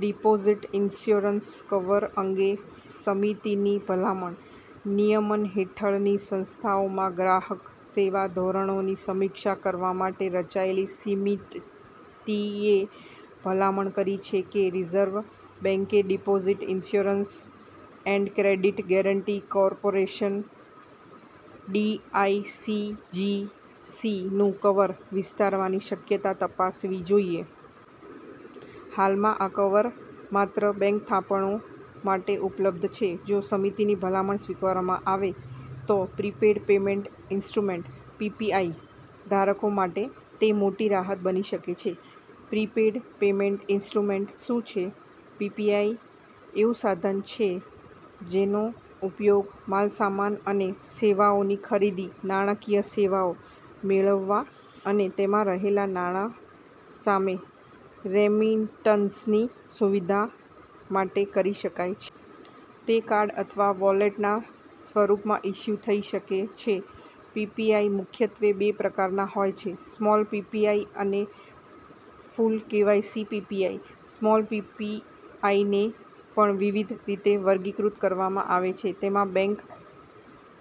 Deposit insurance cover અંગે સમિતિની ભલામણ, નિયમન હેઠળની સંસ્થાઓમાં ગ્રાહક સેવા ધોરણોની સમીક્ષા કરવા માટે રચાયેલી સમિતિએ ભલામણ કરી છે કે રિઝર્વ બેંકે deposit insurance and credit guarantee corporation (ડીઆઈસીજીસી)નું કવર વિસ્તારવાની શક્યતા તપાસવી જોઈએ. હાલમાં આ કવર માત્ર બેંક થાપણો માટે ઉપલબ્ધ છે. જો સમિતિની ભલામણ સ્વીકારવામાં આવે, તો પ્રીપેઇડ પેમેન્ટ ઇન્સ્ટ્રુમેન્ટ (પીપીઆઈ) ધારકો માટે તે મોટી રાહત બની શકે છે. પ્રીપેઇડ પેમેન્ટ ઇન્સ્ટ્રુમેન્ટ શું છે? પીપીઆઈ એવું સાધન છે, જેનો ઉપયોગ માલસામાન અને સેવાઓની ખરીદી, નાણાકીય સેવાઓ મેળવવા અને તેમાં રહેલા નાણાં સામે રેમિટન્સની સુવિધા માટે કરી શકાય છે. તે કાર્ડ અથવા વૉલેટના સ્વરૂપમાં ઇશ્યૂ થઈ શકે છે. પીપીઆઈ મુખ્યત્વે બે પ્રકારના હોય છે, સ્મોલ પીપીઆઈ અને ફુલ-કેવાયસી પીપીઆઈ. સ્મોલ પીપીઆઈને પણ વિવિધ રીતે વર્ગીકૃત કરવામાં આવે છે. તેમાં બેંક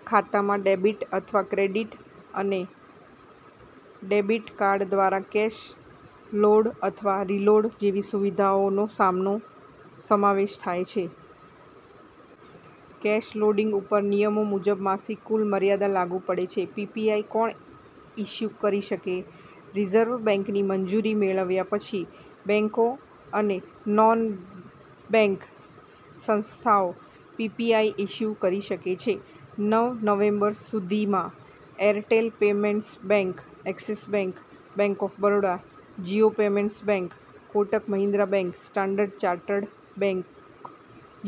ખાતામાંથી ડેબિટ અથવા ક્રેડિટ અને ડેબિટ કાર્ડ દ્વારા કેશ લોડ અથવા રીલોડ જેવી સુવિધાઓનો સામનો સમાવેશ થાય છે. કેશ લોડિંગ પર નિયમો મુજબ માસિક કુલ મર્યાદા લાગુ પડે છે. પીપીઆઈ કોણ ઇશ્યૂ કરી શકે? રિઝર્વ બેંકની મંજૂરી મેળવ્યા પછી બેંકો અને નોન-બેંક સંસ્થાઓ પીપીઆઈ ઇશ્યૂ કરી શકે છે. નવ નવેમ્બર સુધીમાં Airtel payments bank, Axis bank, bank of Baroda, Jio payments bank, Kotak Mahindra bank, standard chartered bank,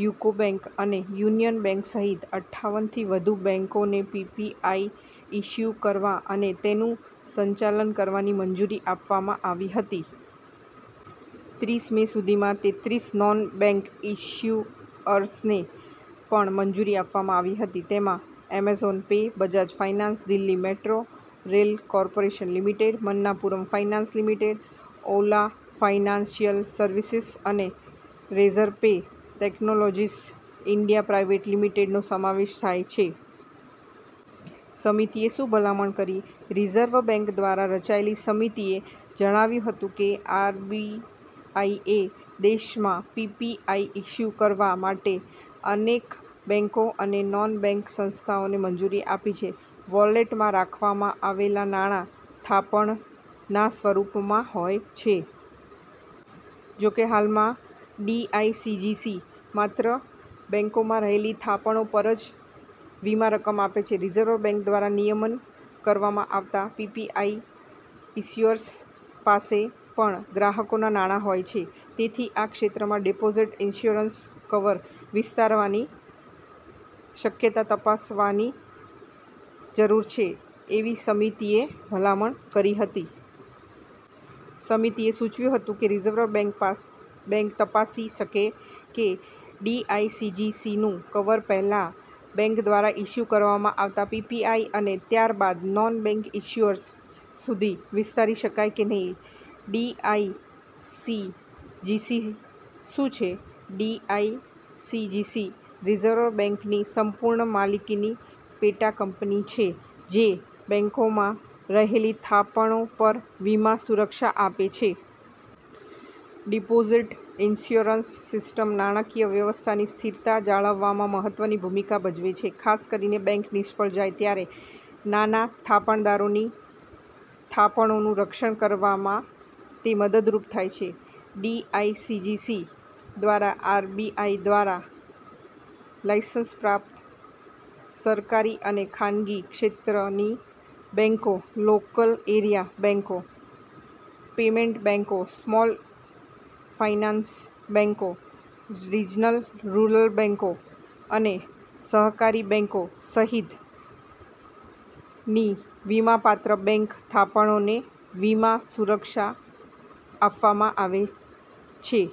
UCO bank અને યુનિયન બેંક સહિત અઠાવન થી વધુ બેંકોને પીપીઆઈ ઇશ્યૂ કરવા અને તેનું સંચાલન કરવાની મંજૂરી આપવામાં આવી હતી. ત્રીસ મે સુધીમાં તેત્રીસ નોન-બેંક ઇશ્યુઅર્સને પણ મંજૂરી આપવામાં આવી હતી. તેમાં Amazon pay, Bajaj finance, Delhi metro rail corporation limited, Manappuram finance limited, Ola financial services અને રેઝરપે ટેક્નોલોજીસ ઇન્ડિયા પ્રાઇવેટ લિમિટેડનો સમાવેશ થાય છે. સમિતિએ શું ભલામણ કરી? રિઝર્વ બેંક દ્વારા રચાયેલી સમિતિએ જણાવ્યું હતું કે આરબીઆઈએ દેશમાંપીપીઆઈ ઇશ્યૂ કરવા માટે અનેક બેંકો અને નોન-બેંક સંસ્થાઓને મંજૂરી આપી છે. વૉલેટમાં રાખવામાં આવેલા નાણાં થાપણના સ્વરૂપમાં હોય છે. જોકે, હાલમાં ડીઆઈસીજીસી માત્ર બેંકોમાં રહેલી થાપણો પર જ વીમા કવર આપે છે. રિઝર્વ બેંક દ્વારા નિયમન કરવામાં આવતા પીપીઆઈ ઇશ્યુઅર્સ પાસે પણ ગ્રાહકોના નાણાં હોય છે. તેથી આ ક્ષેત્રમાં ડિપોઝિટ ઇન્શ્યોરન્સ કવર વિસ્તારવાની શક્યતા તપાસવાની જરૂર છે, એવી સમિતિએ ભલામણ કરી હતી. સમિતિએ સૂચવ્યું હતું કે રિઝર્વ બેંક તપાસી શકે કે ડીઆઈસીજીસીનું કવર પહેલા બેંક દ્વારા ઇશ્યૂ કરવામાં આવતા પીપીઆઈ અને ત્યારબાદ નોન-બેંક ઇશ્યુઅર્સ સુધી વિસ્તારી શકાય કે નહીં. ડીઆઈસીજીસી શું છે? ડીઆઈસીજીસી રિઝર્વ બેંકની સંપૂર્ણ માલિકીની પેટાકંપની છે, જે બેંકોમાં રહેલી થાપણો પર વીમા સુરક્ષા આપે છે. ડિપોઝિટ ઇન્શ્યોરન્સ સિસ્ટમ નાણાકીય વ્યવસ્થાની સ્થિરતા જાળવવામાં મહત્વની ભૂમિકા ભજવે છે. ખાસ કરીને બેંક નિષ્ફળ જાય ત્યારે નાના થાપણદારોની થાપણોનું રક્ષણ કરવામાં તે મદદરૂપ થાય છે. ડીઆઈસીજીસી દ્વારા આરબીઆઈ દ્વારા લાઇસન્સ પ્રાપ્ત સરકારી અને ખાનગી ક્ષેત્રની બેંકો, લોકલ એરિયા બેંકો, પેમેન્ટ બેંકો, સ્મોલ ફાઇનાન્સ બેંકો, રિજનલ રૂરલ બેંકો અને સહકારી બેંકો સહિતની વીમાપાત્ર બેંક થાપણોને વીમા સુરક્ષા આપવામાં આવે છે.